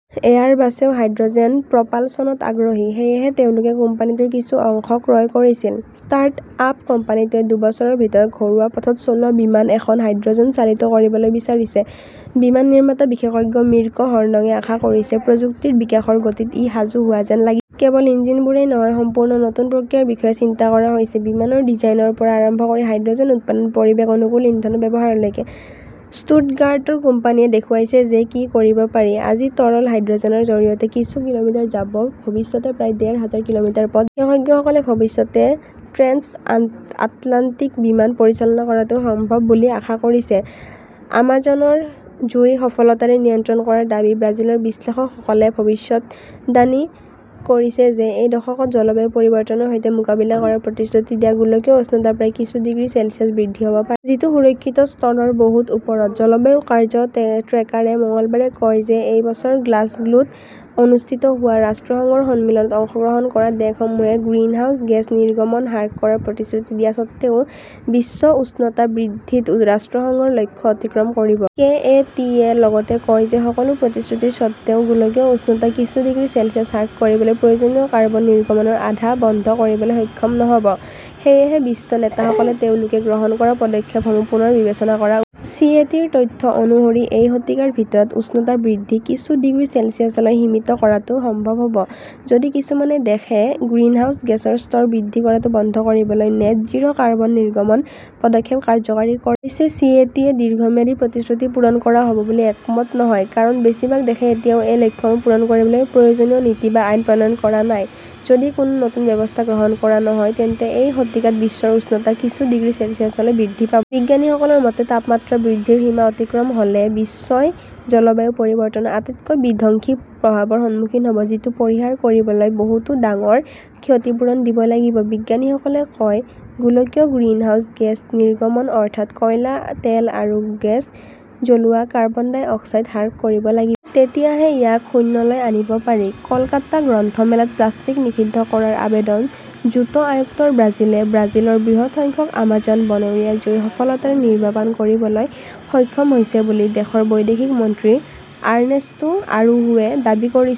এয়াৰবাছেও hydrogen প্ৰপালচনত আগ্ৰহী। সেয়েহে তেওঁলোকে কোম্পানীটোৰ কিছু অংশ ক্ৰয় কৰিছিল। ষ্টাৰ্টআপ কোম্পানীটোৱে দুবছৰৰ ভিতৰত ঘৰুৱা পথত চলোৱা বিমান এখন হাইড্ৰ’জেন চালিত কৰিবলৈ বিচাৰিছে। বিমান নিৰ্মাতা বিশেষজ্ঞ মিৰ্কো হৰ্নঙে আশা কৰিছে, "প্ৰযুক্তিৰ বিকাশৰ গতিত ই সাজু হোৱা যেন লাগিছে।“ কেৱল ইঞ্জিনবোৰেই নহয়, সম্পূৰ্ণ নতুন প্ৰক্ৰিয়াৰ বিষয়ে চিন্তা কৰা হৈছে-বিমানৰ ডিজাইনৰ পৰা আৰম্ভ কৰি হাইড্ৰ’জেন উৎপাদনত পৰিৱেশ অনুকূল ইন্ধনৰ ব্যৱহাৰলৈকে। ষ্টুটগাৰ্টৰ কোম্পানীয়ে দেখুৱাইছে যে কি কৰিব পাৰি। আজি তৰল হাইড্ৰ’জেনৰ জৰিয়তে কিছু কিলোমিটাৰ যাব, ভৱিষ্যতে প্ৰায় ডেৰ হাজাৰ কিলোমিটাৰ পথ যাব। বিশেষজ্ঞসকলে ভৱিষ্যতে ট্ৰেন্স-আটলাণ্টিক বিমান পৰিচালনা কৰাটোও সম্ভৱ হ’ব বুলি আশা কৰিছে। আমাজনৰ জুই সফলতাৰে নিয়ন্ত্ৰণ কৰাৰ দাবী ব্ৰাজিলৰ বিশ্লেষকসকলে ভৱিষ্যদ্বাণী কৰিছে যে এই দশকত জলবায়ু পৰিৱৰ্তনৰ সৈতে মোকাবিলা কৰাৰ প্ৰতিশ্ৰুতি দিয়া গোলকীয় উষ্ণতা প্ৰায় কিছু ডিগ্ৰী চেলছিয়াছ বৃদ্ধি হ'ব পাৰে। যিটো সুৰক্ষিত স্তৰৰ বহুত ওপৰত। জলবায়ু কাৰ্য্য ট্ৰেকাৰে মঙলবাৰে কয় যে এই বছৰ গ্লাছগোত অনুষ্ঠিত হোৱা ৰাষ্ট্ৰসংঘৰ সন্মিলনত অংশগ্ৰহণ কৰা দেশসমূহে গ্ৰিনহাউজ গেছ নিৰ্গমন হ্ৰাস কৰাৰ প্ৰতিশ্ৰুতি দিয়া স্বত্বেও, বিশ্ব উষ্ণতা বৃদ্ধিত ৰাষ্ট্ৰসংঘৰ লক্ষ্য অতিক্ৰম কৰিব। কে. এ. টি. য়ে লগতে কয় যে সকলো প্ৰতিশ্ৰুতিৰ স্বত্বেও, গোলকীয় উষ্ণতা কিছু ডিগ্ৰী চেলছিয়াছ হ্ৰাস কৰিবলৈ প্ৰয়োজনীয় কাৰ্বন নিৰ্গমনৰ আধা বন্ধ কৰিবলৈ সক্ষম নহ'ব। সেয়েহে বিশ্ব নেতাসকলে তেওঁলোকে গ্ৰহণ কৰা পদক্ষেপসমূহ পুনৰ বিবেচনা কৰা উচিত। চি. এ. টি. -ৰ তথ্য অনুসৰি, "এই শতিকাৰ ভিতৰত উষ্ণতা বৃদ্ধি কিছু ডিগ্ৰী চেলছিয়াছলৈ সীমিত কৰাটো সম্ভৱ হ’ব যদি কিছুমান দেশে গ্ৰীণহাউছ গেছৰ স্তৰ বৃদ্ধি কৰাটো বন্ধ কৰিবলৈ "নেট জিৰো কাৰ্বন নিৰ্গমন" পদক্ষেপ কাৰ্যকৰী কৰে। অৱশ্যে, চি. এ. টি. -য়ে দীৰ্ঘম্যাদী প্ৰতিশ্ৰুতি পূৰণ কৰা হ’ব বুলি একমত নহয়। কাৰণ বেছিভাগ দেশে এতিয়াও এই লক্ষ্যসমূহ পূৰণ কৰিবলৈ প্ৰয়োজনীয় নীতি বা আইন প্ৰণয়ন কৰা নাই। যদি কোনো নতুন ব্যৱস্থা গ্ৰহণ কৰা নহয়, তেন্তে এই শতিকাত বিশ্বৰ উষ্ণতা কিছু ডিগ্ৰী চেলছিয়াছলৈ বৃদ্ধি পাব। বিজ্ঞানীসকলৰ মতে, তাপমাত্ৰা বৃদ্ধিৰ সীমা অতিক্ৰম হ’লে বিশ্বই জলবায়ু পৰিৱৰ্তনৰ আটাইতকৈ বিধ্বংসী প্ৰভাৱৰ সন্মুখীন হ'ব। যিটো পৰিহাৰ কৰিবলৈ বহুত ডাঙৰ ক্ষতিপূৰণ দিব লাগিব। বিজ্ঞানীসকলে কয়, "গোলকীয় গ্ৰিনহাউজ গেছ নিৰ্গমন অৰ্থাৎ কয়লা, তেল আৰু গেছ জ্বলোৱা কাৰ্বন ডাই অক্সাইড হ্ৰাস কৰিব লাগিব। তেতিয়াহে ইয়াক শূন্যলৈ আনিব পাৰি। কলকাতা গ্ৰন্থ মেলাত প্লাষ্টিক নিষিদ্ধ কৰাৰ আবেদন জুট আয়ুক্তৰ ব্ৰাজিলে ব্ৰাজিলৰ বৃহৎ সংখ্যক আমাজন বনৰীয়া জুই সফলতাৰে নিৰ্বাপন কৰিবলৈ সক্ষম হৈছে বুলি দেশৰ বৈদেশিক মন্ত্ৰী আৰ্নেষ্টো অৰোহুৱে দাবী কৰিছে।